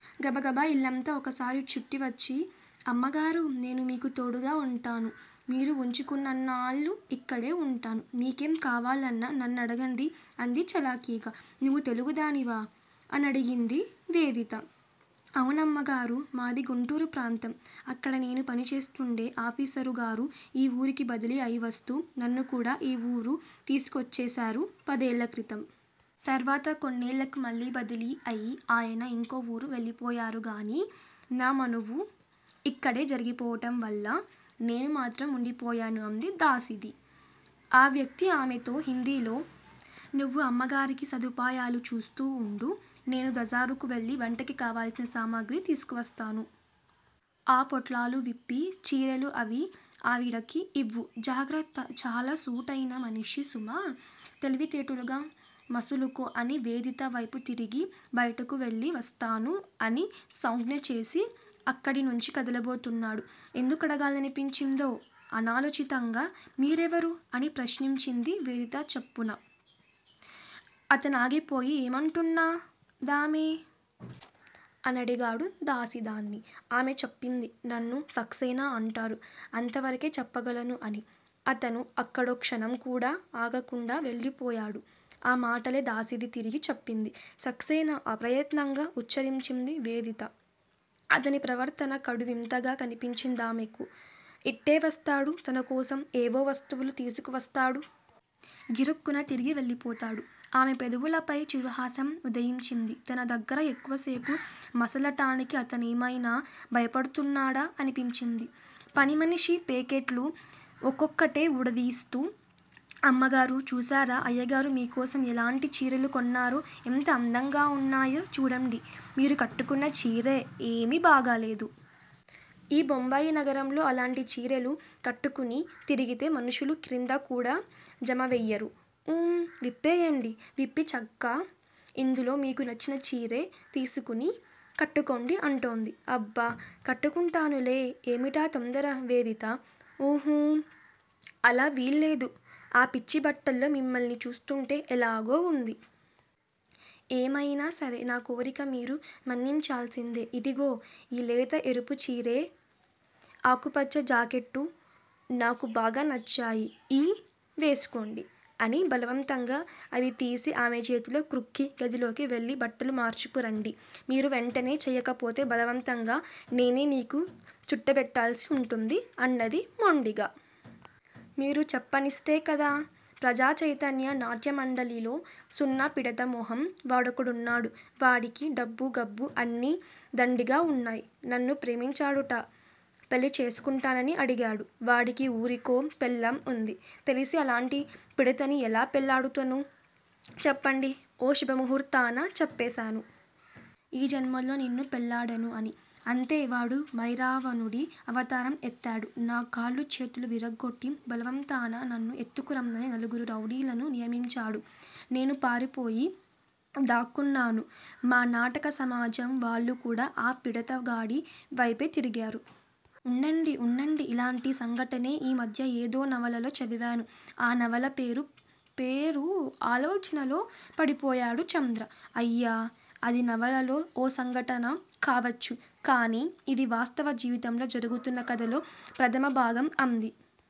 గబగబ యిల్లంతా వొకసారి చుట్టివచ్చి అమ్మగారూ! నేను మీకు తోడుగా వుంటాను. మీరు వుంచుకున్నన్నాళ్ళూ యిక్కడే వుంటాను. మీకేం కావాలన్నా నన్నడగండి అంది చలాకీగా. నువ్వు తెలుగుదానివా? అనడిగింది వేదిత. అవునమ్మగారూ! మాది గుంటూరు ప్రాంతం. అక్కడ నేను పనిచేస్తూండే అఫీసరుగారు యీ వూరికి బదిలీ అయివస్తూ నన్నుకూడా ఈ ఊరు తీసుకొచ్చేశారు పదేళ్ళక్రితం. తర్వాత కొన్నేళ్ళకి మళ్ళీ బదిలీ అయి ఆయన యింకో ఊరు వెళ్ళిపోయారుగానీ, నా మనువు యిక్కడే జరిగిపోవటం వల్ల నేను మాత్రం వుండిపోయాను అంది దాసీది. ఆ వ్యక్తి ఆమెతో హిందీలో నువ్వు అమ్మగారికి సదుపాయాలు చూస్తూ వుండు. నేను బజారుకు వెళ్ళి వంటకి కావలసిన సామగ్రి తీసుకువస్తాను. ఆ పొట్లాలు విప్పి చీరెలూ అవీ ఆవిడకి యివ్వు. జాగ్రత్త! చాలా సూటైన మనిషి సుమా. తెలివితేటలుగా మసలుకో అని వేదిత వైపు తిరిగి బయటకు వెళ్ళి వస్తాను అని సౌంజ్ఞచేసి అక్కడినుంచి కదలబోతున్నాడు. ఎందుకడగాలనిపించిందో అనాలోచింతగా మీరెవరు? అని ప్రశ్నించింది వేదిత చప్పున. అతనాగిపోయి ఏమిటంటున్న దామె? అనడిగాడు దాసీదాన్ని. ఆమె చెప్పింది. నన్ను సక్సేనా అంటారు. అంతవరకే చెప్పగలను అని అతను అక్కడో క్షణంకూడా ఆగకుండా వెళ్ళిపోయాడు. ఆ మాటలే దాసీది తిరిగి చెప్పింది. సక్సేనా అప్రయత్నంగా ఉచ్చరించింది వేదిత. అతని ప్రవర్తన కడు వింతగా కనిపించిందామెకు. ఇట్టే వస్తాడు, తనకోసం ఏవో వస్తువులు తీసుకువస్తాడు. గిరుక్కున తిరిగి వెళ్ళిపోతాడు. ఆమె పెదవులపై చిరుహాసం వుదయించింది. తన దగ్గర ఎక్కువసేపు మసలటానికి అతనేమైనా భయపడుతున్నాడా అనిపించింది. పనిమనిషి పేకెట్లు వొక్కొక్కటే ఊడదీస్తూ, అమ్మగారూ, చూశారా! అయ్యగారు మీకోసం యెలాంటి చీరెలు కొన్నారో! ఎంత అందంగా వున్నాయో చూడండి. మీరు కట్టుకున్న చీరె యేమీ బాగాలేదు. ఈ బొంబాయి నగరంలో అలాంటి చీరెలు కట్టుకుని తిరిగితే మనుషులు క్రిందకూడా జమవెయ్యరు. ఊఁ విప్పెయ్యండి. విప్పి చక్కా ఇందులో మీకు నచ్చిన చీరె తీసుకుని కట్టుకోండి అంటోంది. అబ్బ కట్టుకుంటానులే! ఏమిటా తొందర అంది వేదిత. ఉహూ! అలా వీల్లేదు. ఆ పిచ్చిబట్టల్లో మిమ్మల్ని చూస్తుంటే యెలాగో వుంది. ఏమయినా సరే నా కోరిక మీరు మన్నించాల్సిందే. ఇదుగో! ఈ లేత ఎరుపు చీరె, ఆకుపచ్చ జాకెట్టూ నాకు బాగా నచ్చాయి. ఈఁ వేసుకోండి అని బలవంతంగా అవి తీసి ఆమె చేతిలో క్రుక్కి గదిలోకి వెళ్ళి బట్టలు మార్చుకు రండి, మీరు వెంటనే చెయ్యకపోతే బలవంతంగా నేనే మీకు చుట్టబెట్టాల్సి ఉంటుంది అన్నది మొండిగా. మీరు చెప్పనిస్తే కదా? ప్రజాచైతన్య నాట్యమండలిలో సున్న పిడత మొహం వాడొకడున్నాడు. వాడికి డబ్బు గబ్బు అన్నీ దండిగా వున్నాయ్. నన్ను ప్రేమించాడుట. పెళ్ళి చేసుకుంటానని అడిగాడు. వాడికి ఊరికో పెళ్ళాం వుంది. తెలిసి అలాంటి పిడతని ఎలా పెళ్ళాడుతను. చెప్పండి? ఓ శుభముహూర్తాన చెప్పేశాను. ఈ జన్మలో నిన్ను పెళ్లాడను అని. అంతే వాడు మైరావణుడి అవతారం ఎత్తాడు. నా కాళ్ళూ చేతులూ విరగొట్టి బలవంతాన నన్ను ఎత్తుకు రమ్మని నలుగురు రౌడీలను నియమించాడు. నేను పారిపోయి దాక్కున్నాను. మా నాటక సమాజం వాళ్ళు కూడా ఆ పిడతగాడి వైపే తిరిగారు. వుండండి వుండండి ఇలాంటి సంఘటనే ఈ మధ్య ఏదో నవలలో చదివాను. ఆ నవల పేరు పేరు! ఆలోచనలో పడిపోయాడు చంద్ర. అయ్యా అది నవలలో ఓ సంఘటన కావచ్చు. కాని యిది వాస్తవ జీవితంలో జరుగుతున్న కథలో ప్రధమభాగం అంది